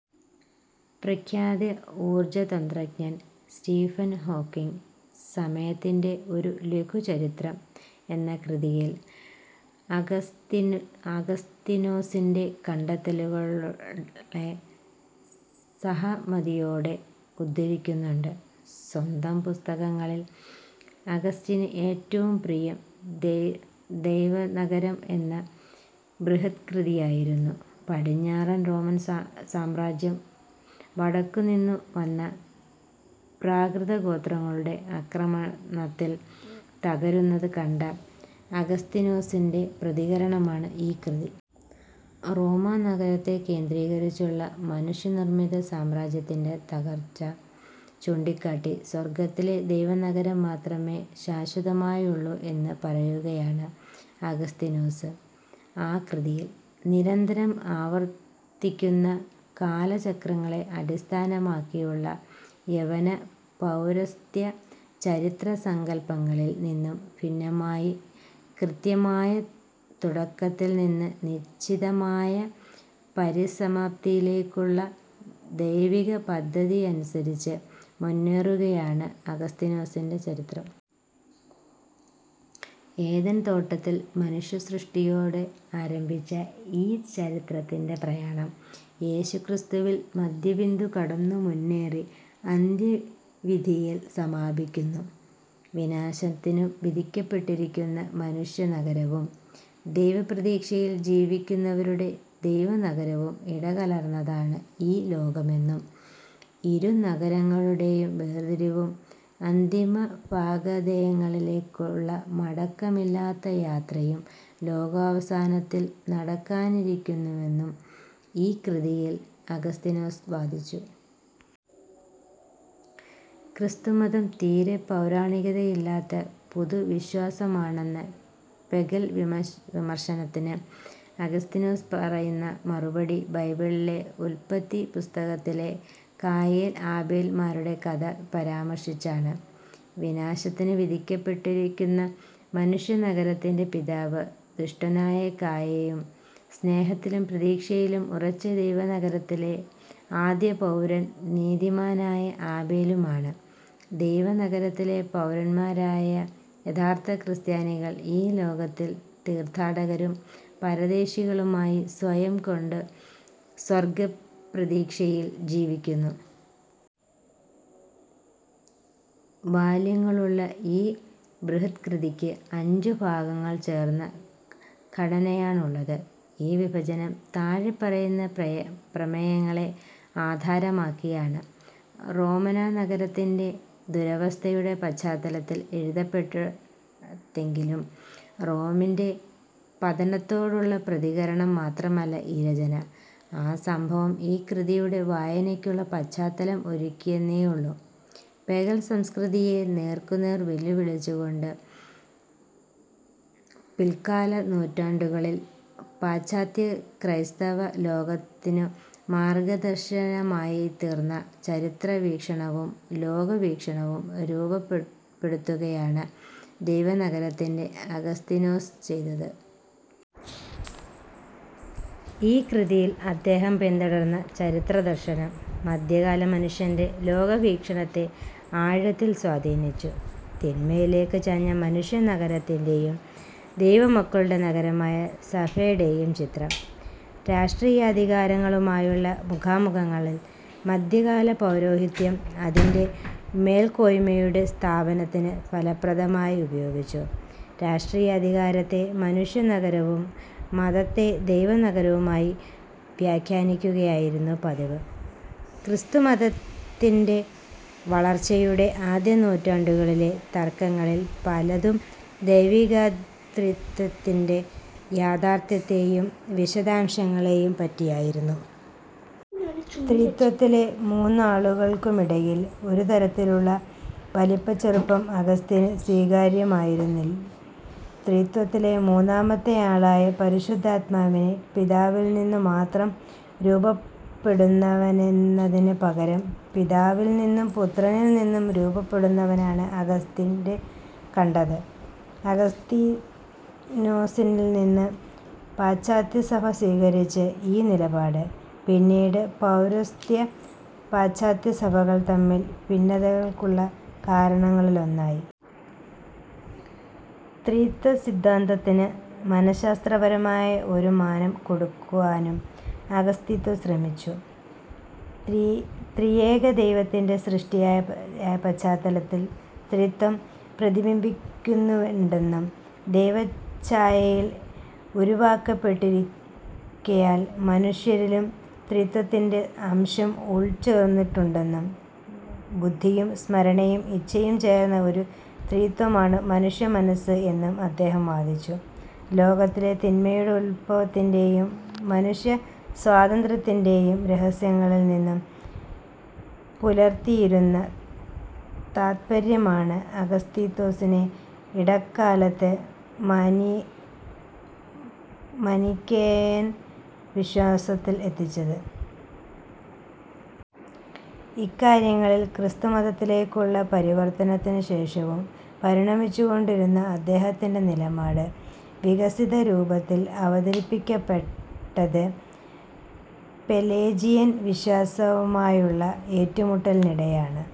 പ്രഖ്യാത ഊർജ്ജതന്ത്രജ്ഞൻ Stephen Hawking, സമയത്തിന്റെ ഒരു ലഘു ചരിത്രം എന്ന കൃതിയിൽ അഗസ്തീനോസിന്റെ കണ്ടെത്തലുകളെ സഹമതിയോടെ ഉദ്ധരിക്കുന്നുണ്ട്. സ്വന്തം പുസ്തകങ്ങളിൽ അഗസ്റ്റിന് ഏറ്റവും പ്രിയം ദൈവനഗരം എന്ന ബൃഹത്കൃതിയായിരുന്നു. പടിഞ്ഞാറൻ റോമാ സാമ്രാജ്യം, വടക്കുനിന്നു വന്ന 'പ്രാകൃതഗോത്രങ്ങളുടെ' ആക്രമണത്തിൽ തകരുന്നത് കണ്ട അഗസ്തീനോസിന്റെ പ്രതികരണമാണ് ആ ഈകൃതി. റോമാനഗരത്തെ കേന്ദ്രീകരിച്ചുള്ള മനുഷ്യനിർമ്മിത സാമ്രാജ്യത്തിന്റെ തകർച്ച ചൂണ്ടിക്കാട്ടി, സ്വർഗ്ഗത്തിലെ ദൈവനഗരം മാത്രമേ ശാശ്വതമായുള്ളു എന്ന് പറയുകയാണ് അഗസ്തീനോസ് ആ കൃതിയിൽ. നിരന്തരം ആവർത്തിക്കുന്ന കാലചക്രങ്ങളെ അടിസ്ഥനമാക്കിയുള്ള യവന, പൗരസ്ത്യ ചരിത്രസങ്കല്പങ്ങളിൽ നിന്നു ഭിന്നമായി, കൃത്യമായ തുടക്കത്തിൽ നിന്ന് നിശ്ചിതമായ പരിസമാപ്തിയിലേയ്ക്കു ദൈവികപദ്ധതിയനുസരിച്ച് മുന്നേറുന്നതാണ് അഗസ്തീനോസിന്റെ ചരിത്രം. ഏദേൻ തോട്ടത്തിൽ മനുഷ്യസൃഷ്ടിയോടെ ആരംഭിച്ച ഈ ചരിത്രത്തിന്റെ പ്രയാണം യേശുക്രിസ്തുവിൽ മദ്ധ്യബിന്ദു കടന്നു മുന്നേറി അന്ത്യവിധിയിൽ സമാപിക്കുന്നു. വിനാശത്തിനു വിധിക്കപ്പെട്ടിരിക്കുന്ന മനുഷ്യനഗരവും, ദൈവപ്രതീക്ഷയിൽ ജീവിക്കുന്നവരുടെ ദൈവനഗരവും ഇടകലർന്നതാണ് ഈ ലോകമെന്നും ഇരുനഗരങ്ങളുടേയും വേർതിരിവും അന്തിമഭാഗധേയങ്ങളിലേയ്ക്കുള്ള മടക്കമില്ലാത്ത യാത്രയും ലോകാവസാനത്തിൽ നടക്കാനിരിക്കുന്നെന്നും ഈ കൃതിയിൽ അഗസ്തീനോസ് വാദിച്ചു. ക്രിസ്തുമതം തീരെ പൗരാണികതയില്ലാത്ത പുതുവിശ്വാസമാണെന്ന 'പേഗൻ' വിമർശനത്തിന് അഗസ്തീനോസ് പറയുന്ന മറുപടി ബൈബിളിലെ ഉല്പത്തി പുസ്തകത്തിലെ കായേൻ ആബേൽ-മാരുടെ കഥ പരാമർശിച്ചാണ്. വിനാശത്തിനു വിധിക്കപ്പെട്ടിരിക്കുന്ന മനുഷ്യനഗരത്തിന്റെ പിതാവ് ദുഷ്ടനായ കായേനും സ്നേഹത്തിലും പ്രതീക്ഷയിലും ഉറച്ച ദൈവനഗരത്തിലെ ആദ്യപൗരൻ നീതിമാനായ ആബേലും ആണ്. ദൈവനഗരത്തിലെ പൗരന്മാരായ യഥാർത്ഥ ക്രിസ്ത്യാനികൾ ഈ ലോകത്തിൽ തീർത്ഥാടകരും പരദേശികളുമായി സ്വയം കണ്ട് സ്വർഗ്ഗപ്രതീക്ഷയിൽ ജീവിക്കുന്നു. വാല്യങ്ങളുള്ള ഈ ബൃഹദ്കൃതിയ്ക്ക് അഞ്ചു ഭാഗങ്ങൾ ചേർന്ന ഘടനയാണുള്ളത്. ഈ വിഭജനം താഴെപ്പറയുന്ന പ്രമേയങ്ങളെ ആധാരമാക്കിയാണ്: റോമാനഗരത്തിന്റെ ദുരവസ്ഥയുടെ പശ്ചാത്തലത്തിൽ എഴുതപ്പെട്ടതെങ്കിലും റോമിന്റെ പതനത്തോടുള്ള പ്രതികരണം മാത്രമല്ല ഈ രചന. ആ സംഭവം ഈ കൃതിയുടെ വായനയ്ക്കുള്ള പശ്ചത്താലം ഒരുക്കിയെന്നേയുള്ളു. പേഗൻ സംസ്കൃതിയെ നേർക്കുനേർ വെല്ലുവിളിച്ചുകൊണ്ട്, പിൽക്കാലനൂറ്റാണ്ടുകളിൽ പാശ്ചാത്യക്രൈസ്തവലോകത്തിനു മാർഗ്ഗദർശകമായിത്തീർന്ന ചരിത്രവീക്ഷണവും ലോകവീക്ഷണവും രൂപപ്പെടുത്തുകയാണ് ദൈവനഗരത്തിൽ അഗസ്തീനൊസ് ചെയ്തത്. ഈ കൃതിയിൽ അദ്ദേഹം പിന്തുടർന്ന ചരിത്രദർശനം, മദ്ധ്യകാലമനുഷ്യന്റെ ലോകവീക്ഷണത്തെ ആഴത്തിൽ സ്വാധീനിച്ചു. തിന്മയിലേയ്ക്ക് ചാഞ്ഞ മനുഷ്യനഗരത്തിന്റേയും ദൈവമക്കളുടെ നഗരമായ സഭടേയും ചിത്രം, രാഷ്ടീയാധികാരങ്ങളുമായുള്ള മുഖാമുഖങ്ങളിൽ മദ്ധ്യകാലപൗരോഹിത്യം അതിന്റെ മേൽക്കോയ്മയുടെ സ്ഥാപനത്തിന് ഫലപ്രദമായി ഉപയോഗിച്ചു. രാഷ്ടീയാധികാരത്തെ മനുഷ്യനഗരവും മതത്തെ ദൈവനഗരവും ആയി വ്യാഖ്യാനിക്കുകയായിരുന്നു പതിവ്. ക്രിസ്തുമതത്തിന്റെ വളർച്ചയുടെ ആദ്യനൂറ്റാണ്ടുകളിലെ തർക്കങ്ങളിൽ പലതും ദൈവികത്രിത്വത്തിന്റെ യാഥാർത്ഥ്യത്തേയും വിശദാംശങ്ങളേയും പറ്റിയായിരുന്നു. ത്രിത്വത്തിലെ മൂന്നാളുകൾക്കുമിടയിൽ ഒരുതരത്തിലുമുള്ള വലിപ്പച്ചെറുപ്പം അഗസ്റ്റിന് സ്വീകാര്യമല്ലായിരുന്നു. ത്രിത്വത്തിലെ മൂന്നാമത്തെ ആളായ പരിശുദ്ധാത്മാവിനെ പിതാവിൽ നിന്നു മാത്രം പുറപ്പെടുന്നവനെന്നതിന് പകരം പിതാവിൽ നിന്നും പുത്രനിൽ നിന്നും പുറപ്പെടുന്നവനായാണ് അഗസ്റ്റിൻ കണ്ടത്. അഗസ്തീനോസിൽ നിന്ന് പാശ്ചാത്യസഭ സ്വീകരിച്ച് ഈ നിലപാട്, പിന്നീട് പൗരസ്ത്യ-പാശ്ചാത്യസഭകൾ തമ്മിൽ ഭിന്നതക്കുള്ള കാരണങ്ങളിലൊന്നായി. ത്രിത്വസിദ്ധാന്തത്തിന് മനശാസ്ത്രപരമായ ഒരു മാനം കൊടുക്കാനും അഗസ്തീനോസ് ശ്രമിച്ചു. ത്രിയേകദൈവത്തിന്റെ സൃഷ്ടിയായ പ്രപഞ്ചത്തിൽ ത്രിത്വം പ്രതിബിംബിക്കുന്നുണ്ടെന്നും ദൈവഛായയിൽ ഉരുവാക്കപ്പെട്ടിരിക്കയാൽ മനുഷ്യരിലും ത്രിത്വത്തിന്റെ അംശം ഉൾച്ചേർന്നിട്ടുണ്ടെന്നും ബുദ്ധിയും സ്മരണയും ഇച്ഛയും ചേർന്ന ഒരു ത്രിത്വമാണ് മനുഷ്യമനസ്സ് എന്നും അദ്ദേഹം വാദിച്ചു. ലോകത്തിലെ തിന്മയുടെ ഉത്ഭവത്തിന്റേയും മനുഷ്യസ്വാതന്ത്ര്യത്തിന്റേയും രഹസ്യങ്ങളിൽ എന്നും പുലർത്തിയിരുന്ന താത്പര്യമാണ് അഗസ്തീനോസിനെ ഇടക്കാലത്ത് മനിക്കേയൻ വിശ്വാസത്തിൽ എത്തിച്ചത്. ഇക്കാര്യങ്ങളിൽ, ക്രിസ്തുമതത്തിലേയ്ക്കുള്ള പരിവർത്തനത്തിനു ശേഷവും പരിണമിച്ചുകൊണ്ടിരുന്ന അദ്ദേഹത്തിന്റെ നിലപാട്, വികസിതരൂപത്തിൽ അവതരിപ്പിക്കപ്പെട്ടത് പെലേജിയൻ വിശ്വാസവുമായുള്ള ഏറ്റുമുട്ടലിനിടെയാണ്.